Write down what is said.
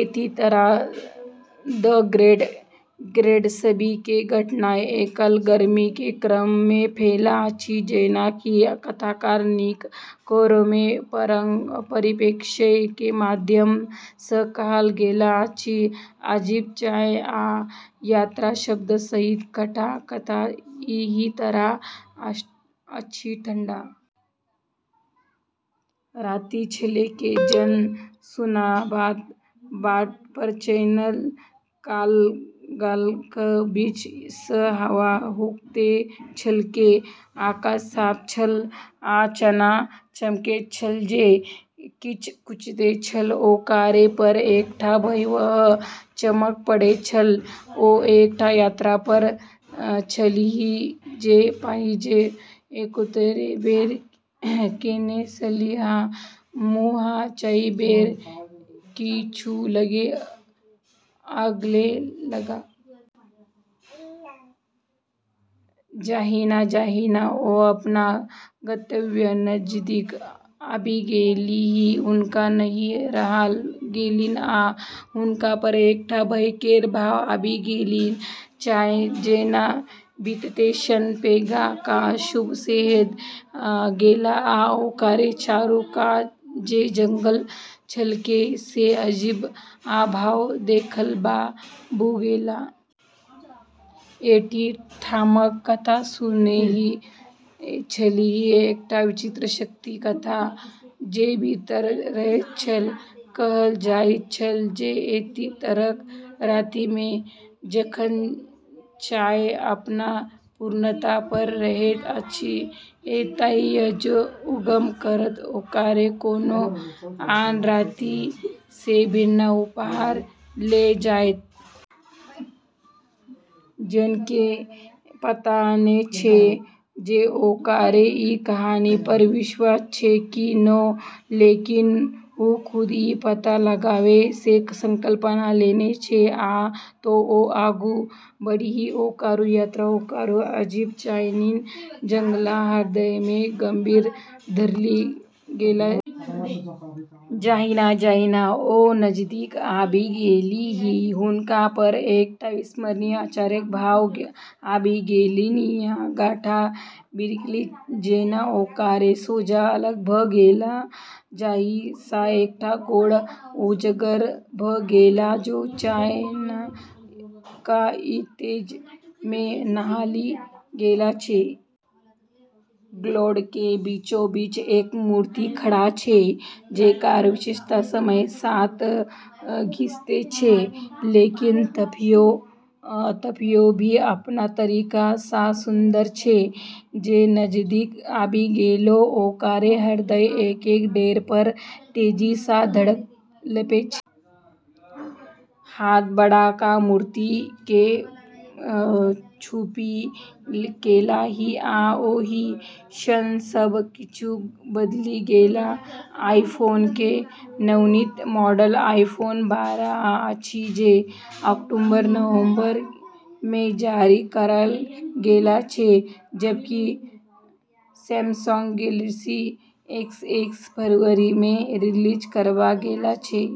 एहि तरहें "The Great Gatsby" के घटना एकल गर्मी के क्रम मे फैल अछि, जेना कि कथाकार निक कैरावे के परिप्रेक्ष्य के माध्यम सँ कहल गेल अछि। "अजीब", "चान", आ "यात्रा" शब्द सहित एकटा कथा एहि तरह अछि। ठंढा राति छलैक। जेन सुनसान बाट पर चलैत काल गाछक बीच सँ हवा हुंकारैत छलैक। आकाश साफ छल, आ चान चमकैत छल जे किछु छूबैत छल ओकरा पर एकटा भयावह चमक पड़ैत छल। ओ एकटा यात्रा पर छलीह, जे पहिने कतेको बेर केने छलीह, मुदा एहि बेर किछु अलगे लागल। जहिना-जहिना ओ अपन गंतव्यक नजदीक आबि गेलीह, हुनका नहि रहल गेलनि आ हुनका पर एकटा भय केर भाव आबि गेलनि। चान जेना बीतैत क्षण पैघ आ अशुभ होइत गेल आ ओकरा चारू कात जे जंगल छलैक से अजीब आ पूर्वाभास देबय बला भ' गेलै। एहि ठामक कथा सुनने छलीह, एकटा विचित्र शक्तिक कथा जे भीतर रहैत छल। कहल जाइत छल जे एहि तरहक राति मे, जखन चान अपन पूर्णता पर रहैत अछि, एतय जे उद्यम करत ओकरा कोनो आन राति सँ भिन्न उपहार देल जायत। जेन के पता नै छेलै जे ओकरा ई कहानी पर विश्वास छै कि नै, लेकिन वू खुद ई पता लगाबै के संकल्प लेने छेलै। आ तें, ओ आगू बढ़लीह। ओकर यात्रा ओकरा अजीब, चाननी जंगलक हृदय मे गहींर धरि ल' गेलै। जहिना-जहिना ओ नजदीक आबि गेलीह, हुनका पर एकटा विस्मय आश्चर्यक भाव आबि गेलनि। गाछ-बिरिछ जेना ओकरा सोझाँ अलग भ' गेलै, जाहि सँ एकटा ग्लेड उजागर भ' गेलै जे चान'क इजोत मे नहाएल छलैक। ग्लेड के बीचोबीच एक मूर्ति खड़ा छेलै, जेकर विशेषता समय के साथ घिसल छेलै लेकिन तभियो भी अपन तरीका सँ सुन्दर छेलै। जेन नजदीक आबि गेलै, ओकर हृदय एक-एक डेग पर तेजी सँ धड़कैत छलैक। हाथ बढ़ा क' मूर्ति केँ छूबि लेलनि, आ ओहि क्षण, सब किछु बदलि गेल। आईफोन के नवीनतम मॉडल आईफोन बारह अछि, जे अक्टूबर आ नवंबर मे जारी कएल गेल छेलै। जबकि सैमसंग गैलेक्सी एस दस फरवरी मे रिलीज कएल गेल छेलै।